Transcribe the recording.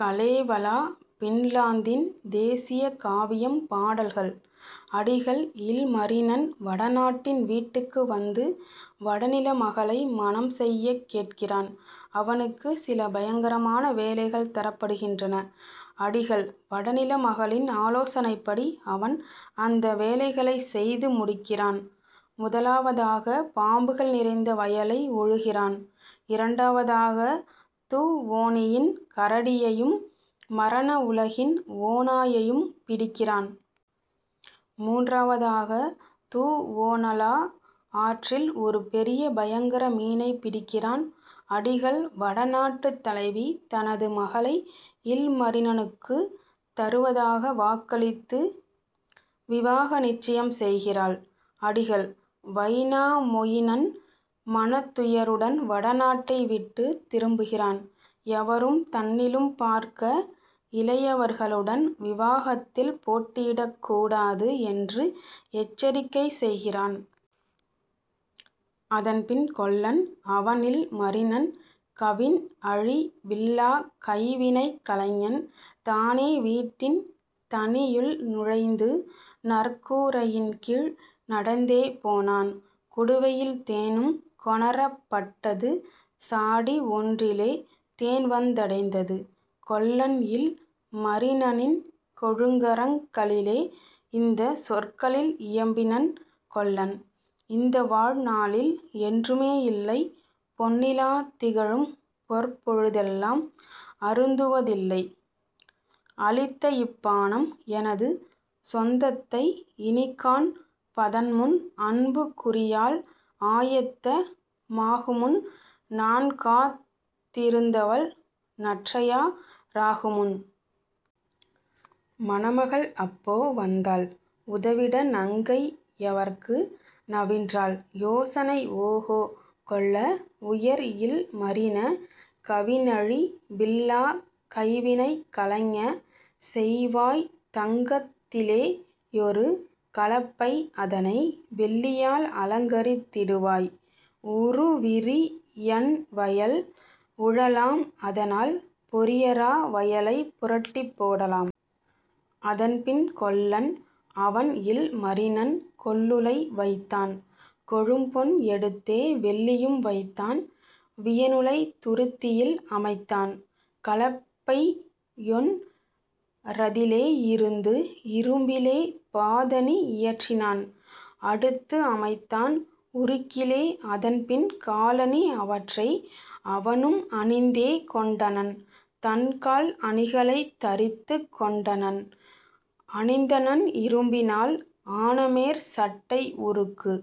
Kalevala பின்லாந்தின் தேசிய காவியம் பாடல்கள் அடிகள்: இல்மரினன் வடநாட்டின் வீட்டுக்கு வந்து வடநில மகளை மணம் செய்யக் கேட்கிறான். அவனுக்குச் சில பயங்கரமான வேலைகள் தரப்படுகின்றன. அடிகள்: வடநில மகளின் ஆலோசனைப்படி அவன் அந்த வேலைகளைச் செய்து முடிக்கிறான். முதலாவதாக பாம்புகள் நிறைந்த வயலை உழுகிறான்; இரண்டாவதாக துவோனியின் கரடியையும் மரண உலகின் ஓநாயையும் பிடிக்கிறான். மூன்றாவதாக துவோனலா ஆற்றில் ஒரு பெரிய பயங்கர மீனைப் பிடிக்கிறான். அடிகள்: வடநாட்டுத் தலைவி தனது மகளை இல்மரினனுக்குத் தருவதாக வாக்களித்து விவாக நிச்சயம் செய்கிறாள். அடிகள்: வைனாமொயினன் மனத்துயருடன் வடநாட்டை விட்டுத் திரும்புகிறான். எவரும் தன்னிலும் பார்க்க இளையவர்களுடன் விவாகத்தில் போட்டியிடக் கூடாது என்று எச்சரிக்கை செய்கிறான். அதன்பின் கொல்லன் அவன்இல் மரினன் கவின்அழி வில்லாக் கைவினைக் கலைஞன் தானே வீட்டின் தனியுள் நுழைந்து நற்கூ ரையின்கீழ் நடந்தே போனான். குடுவையில் தேனும் கொணரப் பட்டது சாடி ஒன்றிலே தேன்வந் தடைந்தது கொல்லன்இல் மரினனின் கொழுங்கரங் களிலே; இந்தச் சொற்களில் இயம்பினன் கொல்லன்: "இந்தவாழ் நாளில் என்றுமே யில்லை பொன்னிலாத் திகழும் பொற்பொழு தெல்லாம் அருந்துவ தில்லை அளித்தஇப் பானம் எனது சொந் தத்தை இனிக்காண் பதன்முன் அன்புக் குரியாள் ஆயத்த மாகுமுன் நான்காத் திருந்தவள் நற்றயா ராகுமுன். " மணமகள் அப்போ வந்தாள் உதவிட நங்கை யவற்கு நவின்றாள் யோசனை: "ஓகோ, கொல்ல, உயர்இல் மரின! கவினழி வில்லாக் கைவினைக் கலைஞ! செய்வாய் தங்கத் திலேயொரு கலப்பை அதனை வெள்ளியால் அலங்கரித் திடுவாய் உறுவிரி யன்வயல் உழலாம் அதனால் பொறியரா வயலைப் புரட்டிப் போடலாம். " அதன்பின் கொல்லன் அவன்இல் மரினன் கொல்லுலை வைத்தான் கொழும்பொன் எடுத்தே வெள்ளியும் வைத்தான் வியனுலைத் துருத்தியில் அமைத்தான் கலப்பையொன் றதிலே யிருந்து; இரும்பிலே பாதணி இயற்றினான் அடுத்து அமைத்தான் உருக்கிலே அதன்பின் காலணி அவற்றை அவனும் அணிந்தே கொண்டனன் தன்கால் அணிகளைத் தரித்துக் கொண்டனன் அணிந்தனன் இரும்பினால் ஆனமேற் சட்டை உருக்கு